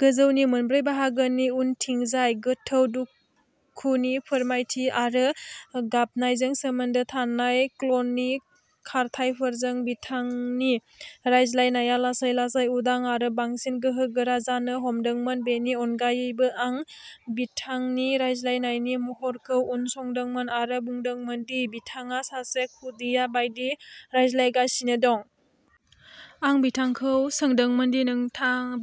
गोजौनि मोनब्रै बाहागोनि उनथिंजाय। गोथौ दुखुनि फोरमायथि आरो गाबनायजों सोमोन्दो थानाय क्लनिक खारथाइफोरजों, बिथांनि रायज्लायनाया लासै-लासै उदां आरो बांसिन गोहोगोरा जानो हमदोंमोन। बेनि अनगायैबो, आं बिथांनि रायज्लायनायनि महरखौ उनसंदोंमोन आरो बुंदोंमोन दि बिथाङा सासे खुदिया बायदि रायज्लायगासिनो दं। आं बिथांखौ सोंदोंमोन दि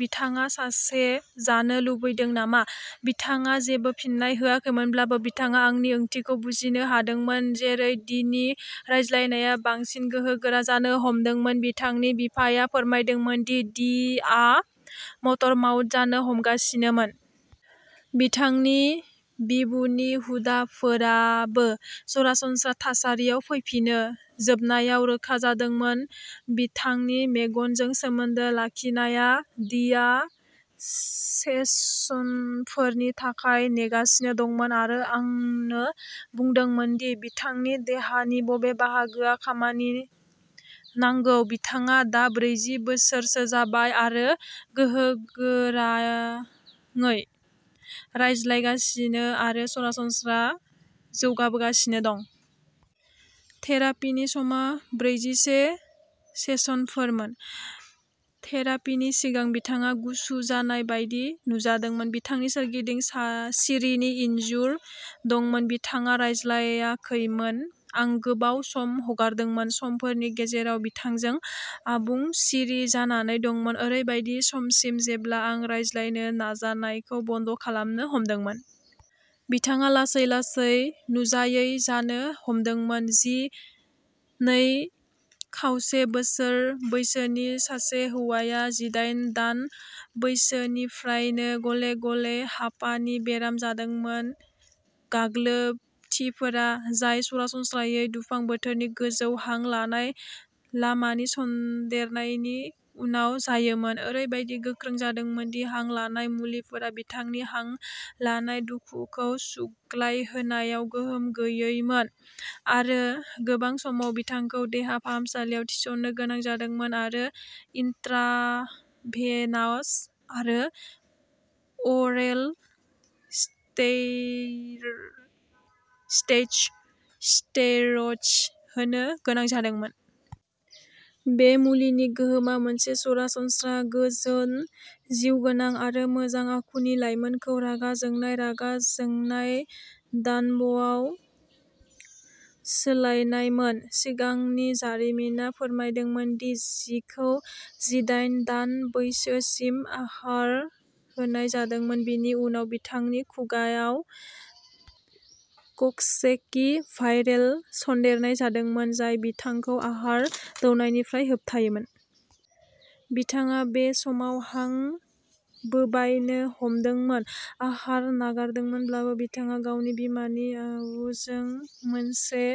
बिथाङा सासे जानो लुबैदों नामा। बिथाङा जेबो फिननाय होआखैमोनब्लाबो, बिथाङा आंनि ओंथिखौ बुजिनो हादोंमोन। जेरै डीनि रायज्लायनाया बांसिन गोहोगोरा जानो हमदोंमोन, बिथांनि बिफाया फोरमायदोंमोन दि डीआ मटर माउथ जानो हमगासिनोमोन। बिथांनि बिबुनि हुदाफोराबो सरासनस्रा थासारियाव फैफिनो। जोबनायाव रोखा जादोंमोन बिथांनि मेगनजों सोमोन्दो लाखिनाया। डीआ सेसनफोरनि थाखाय नेगासिनो दंमोन आरो आंनो बुंदोंमोन दि बिथांनि देहानि बबे बाहागोआ खामानि नांगौ। बिथाङा दा ब्रै बोसोरसो जाबाय आरो गोहोगोराङै रायज्लायगासिनो आरो सरासनस्रा जौगाबोगासिनो दं। थेरापीनि समा ब्रैजि-से सेसनफोरमोन। थेरापीनि सिगां बिथाङा गुसु जानाय बायदि नुजादोंमोन, बिथांनि सोरगिदिं सिरिनि इनजुर दंमोन। बिथाङा रायज्लायाखैमोन। आं गोबाव सम हगारदोंमोन। समफोरनि गेजेराव बिथांजों आबुं सिरि जानानै दंमोन, ओरैबायदि समसिम जेब्ला आं रायज्लायनो नाजानायखौ बन्द' खालामनो हमदोंमोन। बिथाङा लासै-लासै नुजायै जानो हमदोंमोन। जि, नै खावसे बोसोर बैसोनि सासे हौवाया जिदाइन दान बैसोनिफ्रायनो गले-गले हापानि बेराम जादोंमोन। गाग्लोबथिफोरा, जाय सरासनस्रायै दुफां बोथोरनि गोजौ हां लानाय लामानि सन्देरनायनि उनाव जायोमोन, ओरैबायदि गोख्रों जादोंमोन दि हां लानाय मुलिफोरा बिथांनि हां लानाय दुखुखौ सुग्लायहोनायाव गोहोम गैयैमोन, आरो गोबां समाव बिथांखौ देहा फाहामसालियाव थिसननो गोनां जादोंमोन आरो इन्ट्राभेनास आरो अरेल स्टेरइड्स होनो गोनां जादोंमोन। बे मुलिनि गोहोमा मोनसे सरासनस्रा गोजोन, जिउगोनां आरो मोजां आखुनि लाइमोनखौ रागा जोंनाय, रागा जोंनाय दानबआव सोलायनायमोन। सिगांनि जारिमिना फोरमायदोंमोन दि जिखौ जिदाइन दान बैसोसिम आहार होनाय जादोंमोन। बिनि उनाव बिथांनि खुगाआव कक्ससेकि भाइरेल सन्देरनाय जादोंमोन, जाय बिथांखौ आहार दौनायनिफ्राय होबथायोमोन। बिथाङा बे समाव हां बोबायनो हमदोंमोन। आहार नागारदोंमोनब्लाबो, बिथाङा गावनि बिमानि आबुजों मोनसे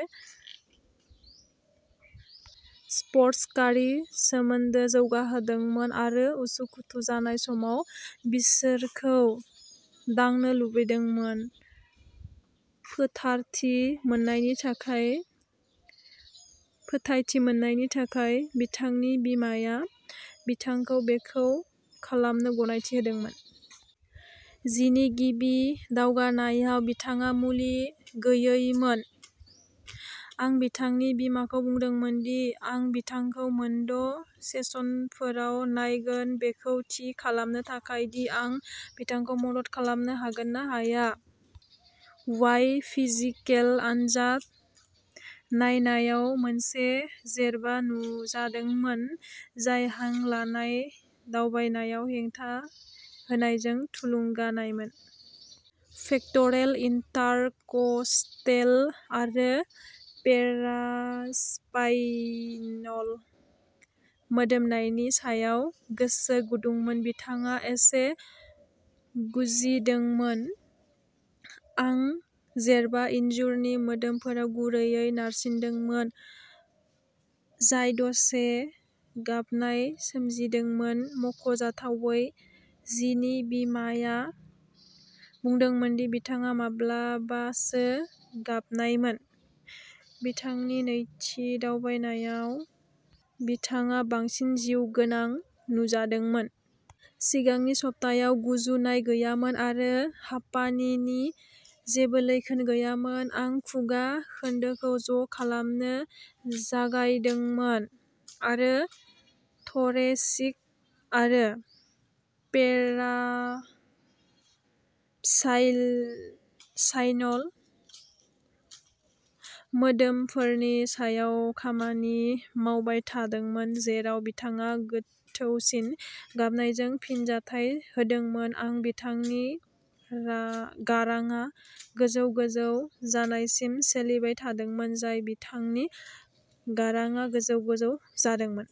स्पर्शकारि सोमोनदो जौगाहोदोंमोन। आरो उसुखुथु जानाय समाव बिसोरखौ दांनो लुबैदोंमोन। फोथायथि मोन्नायनि थाखाय, बिथांनि बिमाया बिथांखौ बेखौ खालामनो गनायथि होदोंमोन। जिनि गिबि दावबायनायाव बिथाङा मुलि गैयैमोन। आं बिथांनि बिमाखौ बुंदोंमोन दि आं बिथांखौ मोनद' सेसनफोराव नायगोन बेखौ थि खालामनो थाखाय दि आं बिथांखौ मदद खालामनो हागोन ना हाया। बाय'फिजिकेल आनजाद नायनायाव मोनसे जेरबा नुजादोंमोन जाय हां लानाय दावबायनायाव हेंथा होनायजों थुलुंगानायमोन। पेक्ट'रेल, इन्टरकस्टेल आरो पेरास्पाइनल मोदोमफोरनि सायाव गोसो गुदुंमोन। बिथाङा एसे गुजिदोंमोन। आं जेरबा इन्जुरनि मोदोमफोराव गुरैयै नारसिनदोंमोन जाय दसे गाबनाय सोमजिहोदोंमोन। मख'जाथावै, जिनि बिमाया बुंदोंमोन दि बिथाङा माब्लाबासो गाबनायमोन। बिथांनि नैथि दावबायनायाव बिथाङा बांसिन जिउगोनां नुजादोंमोन। सिगांनि सप्तायाव गुजुनाय गैयामोन आरो हापानिनि जेबो लैखोन गैयामोन। आं खुगा खोन्दोखौ ज' खालामनो जागायदोंमोन आरो थ'रेसिक आरो पेरास्पाइनल मोदोमफोरनि सायाव खामानि मावबाय थादोंमोन, जेराव बिथाङा गोथौसिन गाबनायजों फिनजाथाय होदोंमोन। आं बिथांनि गारांआ गोजौ-गोजौ जानायसिम सोलिबाय थादोंमोन, जाय बिथांनि गारांआ गोजौ-गोजौ जादोंमोन।